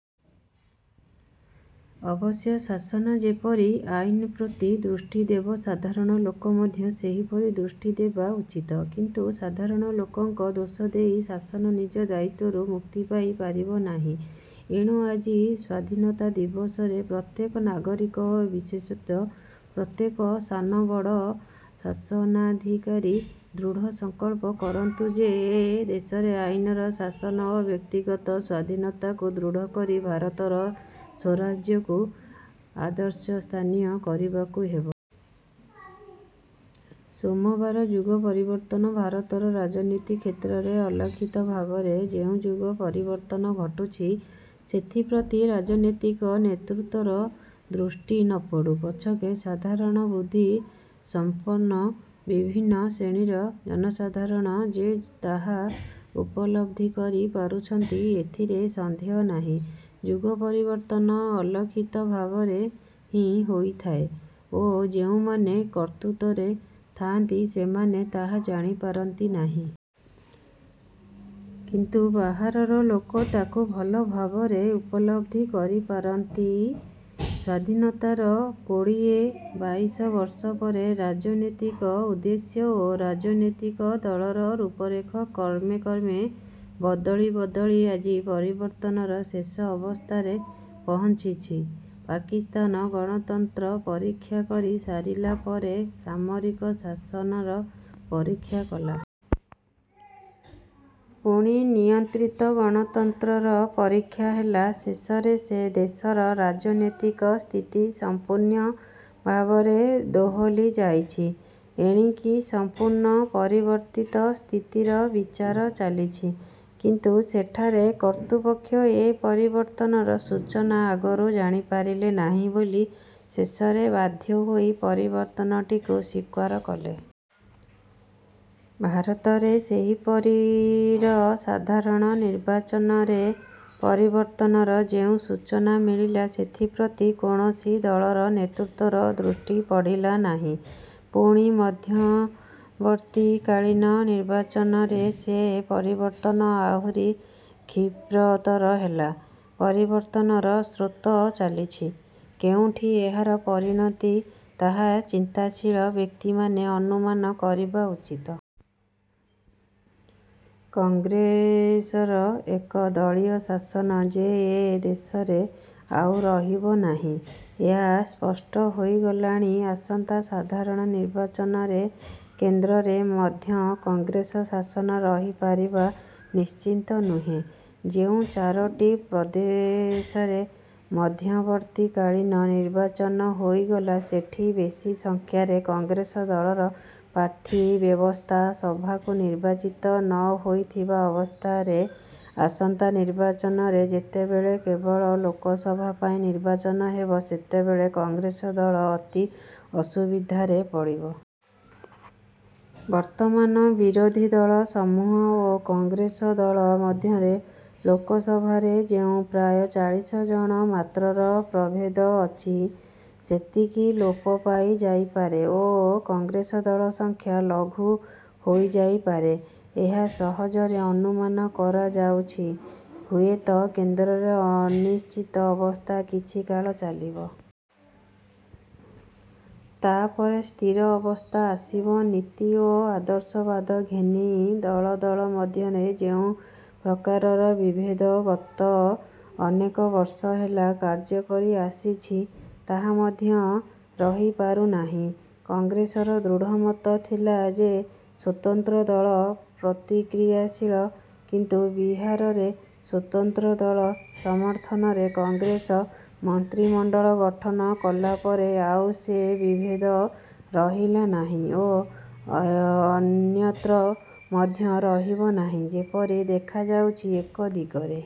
ଅବଶ୍ୟ ଶାସନ ଯେପରି ଆଇନପ୍ରତି ଦୃଷ୍ଟି ଦେବ ସାଧାରଣ ଲୋକ ମଧ୍ୟ ସେହିପରି ଦୃଷ୍ଟି ଦେବା ଉଚିତ। କିନ୍ତୁ ସାଧାରଣ ଲୋକଙ୍କ ଦୋଷ ଦେଇ ଶାସନ ନିଜ ଦାୟିତ୍ୱରୁ ମୁକ୍ତି ପାଇ ପାରିବ ନାହିଁ। ଏଣୁ ଆଜି ସ୍ୱାଧୀନତା ଦିବସରେ ପ୍ରତ୍ୟେକ ନାଗରିକ ଓ ବିଶେଷତଃ ପ୍ରତ୍ୟେକ ସାନ ବଡ଼ ଶାସନାଧିକାରୀ ଦୃଢ଼ ସଂକଳ୍ପ କରନ୍ତୁ ଯେ ଏ ଦେଶରେ ଆଇନର ଶାସନ ଓ ବ୍ୟକ୍ତିଗତ ସ୍ୱାଧୀନତାକୁ ଦୃଢ଼ କରି ଭାରତର ସ୍ୱରାଜ୍ୟକୁ ଆଦର୍ଶସ୍ଥାନୀୟ କରିବାକୁ ହେବ। ସୋମବାର ଯୁଗ ପରିବର୍ତ୍ତନ ଭାରତର ରାଜନୀତି କ୍ଷେତ୍ରରେ ଅଲକ୍ଷିତ ଭାବରେ ଯେଉଁ ଯୁଗ ପରିବର୍ତ୍ତନ ଘଟୁଛି ସେଥିପ୍ରତି ରାଜନୈତିକ ନେତୃତ୍ୱର ଦୃଷ୍ଟି ନପଡ଼ୁ ପଛକେ, ସାଧାରଣ ବୁଦ୍ଧି ସମ୍ପନ୍ନ ବିଭିନ୍ନ ଶ୍ରେଣୀର ଜନସାଧାରଣ ଯେ ତାହା ଉପଲବ୍ଧି କରି ପାରୁଛନ୍ତି ଏଥିରେ ସନ୍ଦେହ ନାହିଁ। ଯୁଗ ପରିବର୍ତ୍ତନ ଅଲକ୍ଷିତ ଭାବରେ ହିଁ ହୋଇଥାଏ ଓ ଯେଉଁମାନେ କର୍ତ୍ତୃତ୍ୱରେ ଥାଆନ୍ତି ସେମାନେ ତାହା ଜାଣିପାରନ୍ତି ନାହିଁ। କିନ୍ତୁ ବାହାରର ଲୋକ ତା'କୁ ଭଲଭାବରେ ଉପଲବ୍ଧି କରିପାରନ୍ତି। ସ୍ୱାଧୀନତାର କୋଡ଼ିଏ ବାଇଶବର୍ଷ ପରେ ରାଜନୈତିକ ଉଦ୍ଦେଶ୍ୟ ଓ ରାଜନୈତିକ ଦଳର ରୂପରେଖ କ୍ରମେ କ୍ରମେ ବଦଳି ବଦଳି ଆଜି ପରିବର୍ତ୍ତନର ଶେଷ ଅବସ୍ଥାରେ ପହଞ୍ଚିଛି। ପାକିସ୍ତାନ ଗଣତନ୍ତ୍ରର ପରୀକ୍ଷା କରି ସାରିଲାପରେ ସାମରିକ ଶାସନର ପରୀକ୍ଷା କଲା। ପୁଣି ନିୟନ୍ତ୍ରିତ ଗଣତନ୍ତ୍ରର ପରୀକ୍ଷା ହେଲା। ଶେଷରେ ସେ ଦେଶର ରାଜନୈତିକ ସ୍ଥିତି ସମ୍ପୂର୍ଣ୍ଣ ଭାବରେ ଦୋହଲି ଯାଇଛି। ଏଣିକି ସମ୍ପୂର୍ଣ୍ଣ ପରିବର୍ତ୍ତିତ ସ୍ଥିତିର ବିଚାର ଚାଲିଛି। କିନ୍ତୁ ସେଠାରେ କର୍ତ୍ତୃପକ୍ଷ ଏ ପରିବର୍ତ୍ତନର ସୂଚନା ଆଗରୁ ଜାଣିପାରିଲେ ନାହିଁ ବୋଲି ଶେଷରେ ବାଧ୍ୟ ହୋଇ ପରିବର୍ତ୍ତନଟିକୁ ସ୍ୱୀକାର କଲେ। ଭାରତରେ ସେହିପରି ର ସାଧାରଣ ନିର୍ବାଚନରେ ପରିବର୍ତ୍ତନର ଯେଉଁ ସୂଚନା ମିଳିଲା ସେଥିପ୍ରତି କୌଣସି ଦଳର ନେତୃତ୍ୱର ଦୃଷ୍ଟି ପଡ଼ିଲା ନାହିଁ। ପୁଣି ମଧ୍ୟବର୍ତ୍ତୀକାଳୀନ ନିର୍ବାଚନରେ ସେ ପରିବର୍ତ୍ତନ ଆହୁରି କ୍ଷିପ୍ରତର ହେଲା। ପରିବର୍ତ୍ତନର ସ୍ରୋତ ଚାଲିଛି। କେଉଁଠି ଏହାର ପରିଣତି ତାହା ଚିନ୍ତାଶୀଳ ବ୍ୟକ୍ତିମାନେ ଅନୁମାନ କରିବା ଉଚିତ। କଂଗ୍ରେସର ଏକ-ଦଳୀୟ ଶାସନ ଯେ ଏ ଦେଶରେ ଆଉ ରହିବ ନାହିଁ, ଏହା ସ୍ପଷ୍ଟ ହୋଇଗଲାଣି। ଆସନ୍ତା ସାଧାରଣ ନିର୍ବାଚନରେ କେନ୍ଦ୍ରରେ ମଧ୍ୟ କଂଗ୍ରେସ ଶାସନ ରହିପାରିବା ନିଶ୍ଚିତ ନୁହେଁ। ଯେଉଁ ଚାରୋଟି ପ୍ରଦେଶରେ ମଧ୍ୟବର୍ତ୍ତୀକାଳୀନ ନିର୍ବାଚନ ହୋଇଗଲା ସେଠି ବେଶି ସଂଖ୍ୟାରେ କଂଗ୍ରେସ ଦଳର ପ୍ରାର୍ଥୀ ବ୍ୟବସ୍ଥା ସଭାକୁ ନିର୍ବାଚିତ ନହୋଇଥିବା ଅବସ୍ଥାରେ ଆସନ୍ତା ନିର୍ବାଚନରେ ଯେତେବେଳେ କେବଳ ଲୋକସଭା ପାଇଁ ନିର୍ବାଚନ ହେବ ସେତେବେଳ କଂଗ୍ରେସ ଦଳ ଅତି ଅସୁବିଧାରେ ପଡ଼ିବ। ବର୍ତ୍ତମାନ ବିରୋଧୀଦଳ ସମୂହ ଓ କଂଗ୍ରେସ ଦଳ ମଧ୍ୟରେ ଲୋକସଭାରେ ଯେଉଁ ପ୍ରାୟ ଚାଳିଶ ଜଣ ମାତ୍ରର ପ୍ରଭେଦ ଅଛି ସେତକି ଲୋପ ପାଇ ଯାଇପାରେ ଓ କଂଗ୍ରେସ ଦଳ ସଂଖ୍ୟା ଲଘୁ ହୋଇଯାଇ ପାରେ- ଏହା ସହଜରେ ଅନୁମାନ କରାଯାଉଛି। ହୁଏତ କେନ୍ଦ୍ରରେ ଅନିଶ୍ଚିତ ଅବସ୍ଥା କିଛିକାଳ ଚାଲିବ। ତା'ପରେ ସ୍ଥିର ଅବସ୍ଥା ଆସିବ। ନୀତି ଓ ଆଦର୍ଶବାଦ ଘେନି ଦଳ ଦଳ ମଧ୍ୟରେ ଯେଉଁ ପ୍ରକାରର ବିଭେଦ ଗତ ଅନେକବର୍ଷ ହେଲା କାର୍ଯ୍ୟ କରି ଆସିଛି ତାହା ମଧ୍ୟ ରହିପାରୁନାହିଁ। କଂଗ୍ରେସର ଦୃଢ଼ମତ ଥିଲା ଯେ ସ୍ୱତନ୍ତ୍ର ଦଳ ପ୍ରତିକ୍ରିୟାଶୀଳ। କିନ୍ତୁ ବିହାରରେ ସ୍ୱତନ୍ତ୍ର ଦଳ ସମର୍ଥନରେ କଂଗ୍ରେସ ମନ୍ତ୍ରିମଣ୍ଡଳ ଗଠନ କଲାପରେ ଆଉ ସେ ବିଭେଦ ରହିଲା ନାହିଁ ଓ ଅନ୍ୟତ୍ର ମଧ୍ୟ ରହିବ ନାହିଁ। ଯେପରି ଦେଖାଯାଉଛି ଏକ ଦିଗରେ